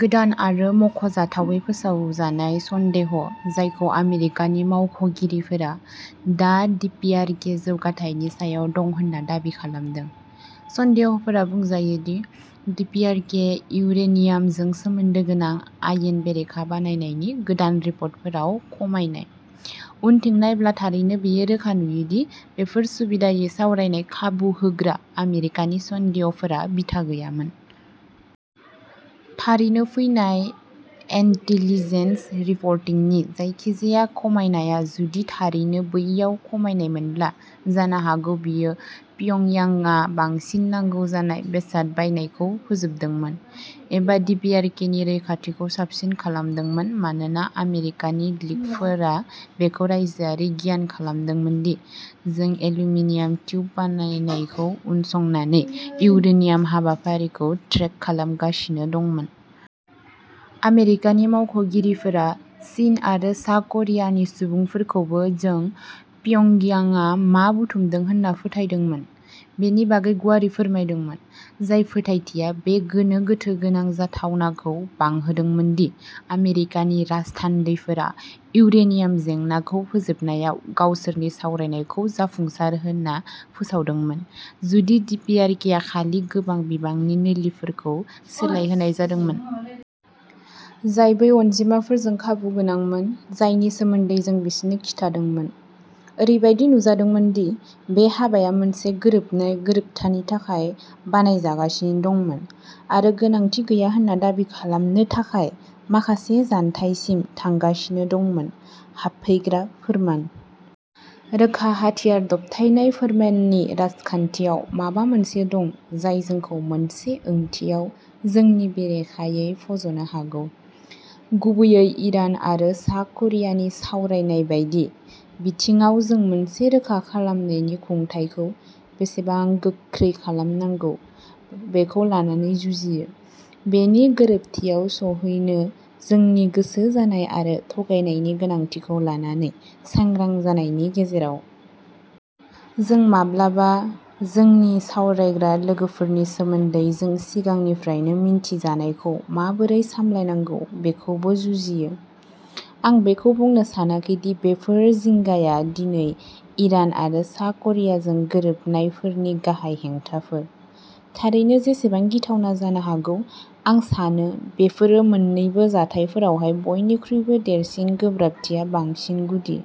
गोदान आरो मख'जाथावै फोसावजानाय “सन्देह" जायखौ आमेरिकानि मावख'गिरिफोरा दा डिपिआरके जौगाथायनि सायाव दं होनना दाबि खालामदों। सन्देहफोरा बुंजायो दि डिपिआरके इउरेनियामजों सोमोन्दो गोनां आयेन बेरेखा बायनायनि गोदान रिपर्टफोराव खमायनाय। उनथिं नायब्ला थारैनो बेयो रोखा नुयो दि बेफोर सुबिदायै सावरायनाय खाबु होग्रा आमेरिकानि "सन्देह" फोरा बिथा गैयैमोन। थारैनो फैनाय इनटेलिजेन्स रिपरटिंनि जायखिजाया खमायनाया जुदि थारैनो बैयाव खमायनायमोनब्ला जानो हागौ प्योंगयांगआ बांसिनै नांगौ जानाय बेसाद बायनायखौ फोजोबदोंमोन एबा डिपिआरकेनि रैखाथिखौ साबसिन खालामदोंमोन मानोना आमेरिकानि लिकफोरा बेखौ रायजोआरि गियान खालामदोंमोन दि जों एल्युमिनियाम टिउब बायनायखौ उनसंनानै इउरेनियाम हाबाफारिखौ ट्रेक खालामगासिनो दंमोन। आमेरिकानि मावख'गिरिफोरा चीन आरो सा-करियानि सुबुंफोरखौबो जों प्योंगयांगआ मा बुथुमदों होनना फोथायदोंमोन बेनि बागै गुवारै फोरमायदोंमोन। जाय फोरमायथिया बे गोनो गोथो गोनां जाथावनाखौ बांहोदोंमोन दि आमेरिकानि राजथान्दैफोरा इउरेनियाम जेंनाखौ फोजोबनायाव गावसोरनि सावरायनायखौ "जाफुंसार" होनना फोसावदोंमोन जुदि डिपिआरकेआ खालि गोबां बिबांनि नोलिफोरखौ सोलायहोनाय जादोंमोन। जाय बै अनजिमाफोरजों खाबुगोनांमोन। जायनि सोमोन्दै जों बिसोरनो खिन्थादोंमोन। ओरैबायदि नुजादोंमोन दि बे हाबाया मोनसे गोरोबनाय गोरोबथानि थाखाय बानायजागासिनो दंमोन आरो गोनांथि गैया होनना दाबि खालामनो थाखाय माखासे जानथायसिम थांगासिनो दंमोन। हाबफैग्रा फोरमान। रोखा हाथियार दबथायनाय फोरमाननि राजखान्थियाव माबा मोनसे दं जाय जोंखौ मोनसे ओंथियाव जोंनि बेरेखायै फज'नो हागौ। गुबैयै इरान आरो सा क'रियानि सावरायनाय बायदि बिथिङाव जों मोनसे रोखा खालामनायनि खुंथाइखौ बेसेबां गोख्रै खालामनांगौ बेखौ लानानै जुजियो, बेनि गोरोबथियाव सौहैनो जोंनि गोसो जानाय आरो थगायनायनि गोनांथिखौ लानानै सांग्रां जानायनि गेजेराव। जों माब्लाबा जोंनि सावरायग्रा लोगोफोरनि सोमोन्दै जों सिगांनिफ्रायनो मिनथि जानायखौ माबोरै सामलायनांगौ बेखौबो जुजिङो। आं बेखौ बुंनो सानाखै दि बेफोर जिंगाया दिनै इरान आरो सा क'रियाजों गोरोबनायफोरनि गाहाय हेंथाफोर। थारैनो, जेसेबां गिथावना जानो हागौ आं सानो बेफोरो मोननैबो जाथायफोरावहाय बयनिख्रुइबो देरसिन गोब्राबथिया बांसिन गुदि।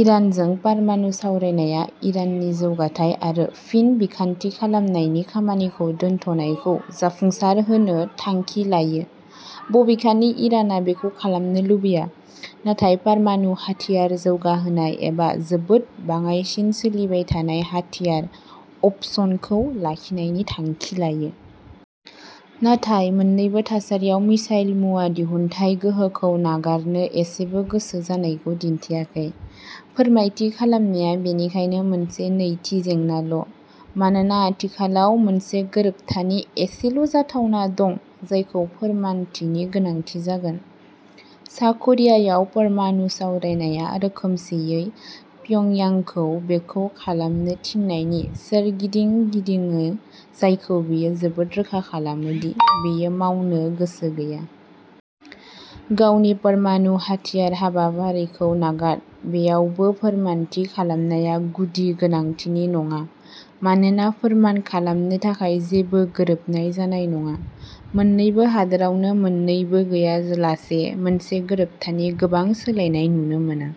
इरानजों परमाणु सावरायनाया इराननि जौगाथाय आरो फिन बिखान्थि खालामनायनि खामानिखौ दोनथ'नायखौ जाफुंसारहोनो थांखि लायो। बबेखानि इरानआ बेखौ खालामनो लुबैया। नाथाय परमाणु हाथियार जौगाहोनाय एबा जोबोद बाङाइसिन सोलिबाय थानाय हाथियार "अपसन" खौ लाखिनायनि थांखि लायो। नाथाय मोननैबो थासारियाव मिसाइल मुवा दिहुनथाय गोहोखौ नागारनो एसेबो गोसो जानायखौ दिन्थियाखै। फोरमायथि खालामनाया बेनिखायनो मोनसे नैथि जेंनाल'। मानोना आथिखालाव मोनसे गोरोबथानि एसेल' जाथावना दं जायखौ फोरमानथिनि गोनांथि जागोन। सा करियायाव परमाणु सावरायनाया रोखोमसेयै प्योंगयांगखौ बेखौ खालामनो थिननायनि सोरगिदिं गिदिङो जायखौ बियो जोबोद रोखा खालामो दि बियो मावनो गोसो गैया। गावनि परमाणु हाथियार हाबाफारिखौ नागार। बेयावबो फोरमानथि खालामनाया गुदि गोनांथिनि नङा मानोना फोरमान खालामनो थाखाय जेबो गोरोबनाय जानाय नङा। मोननैबो हादोरावनो मोननैबो गैयालासे मोनसे गोरोबथानि गोबां सोलायनाय नुनो मोना।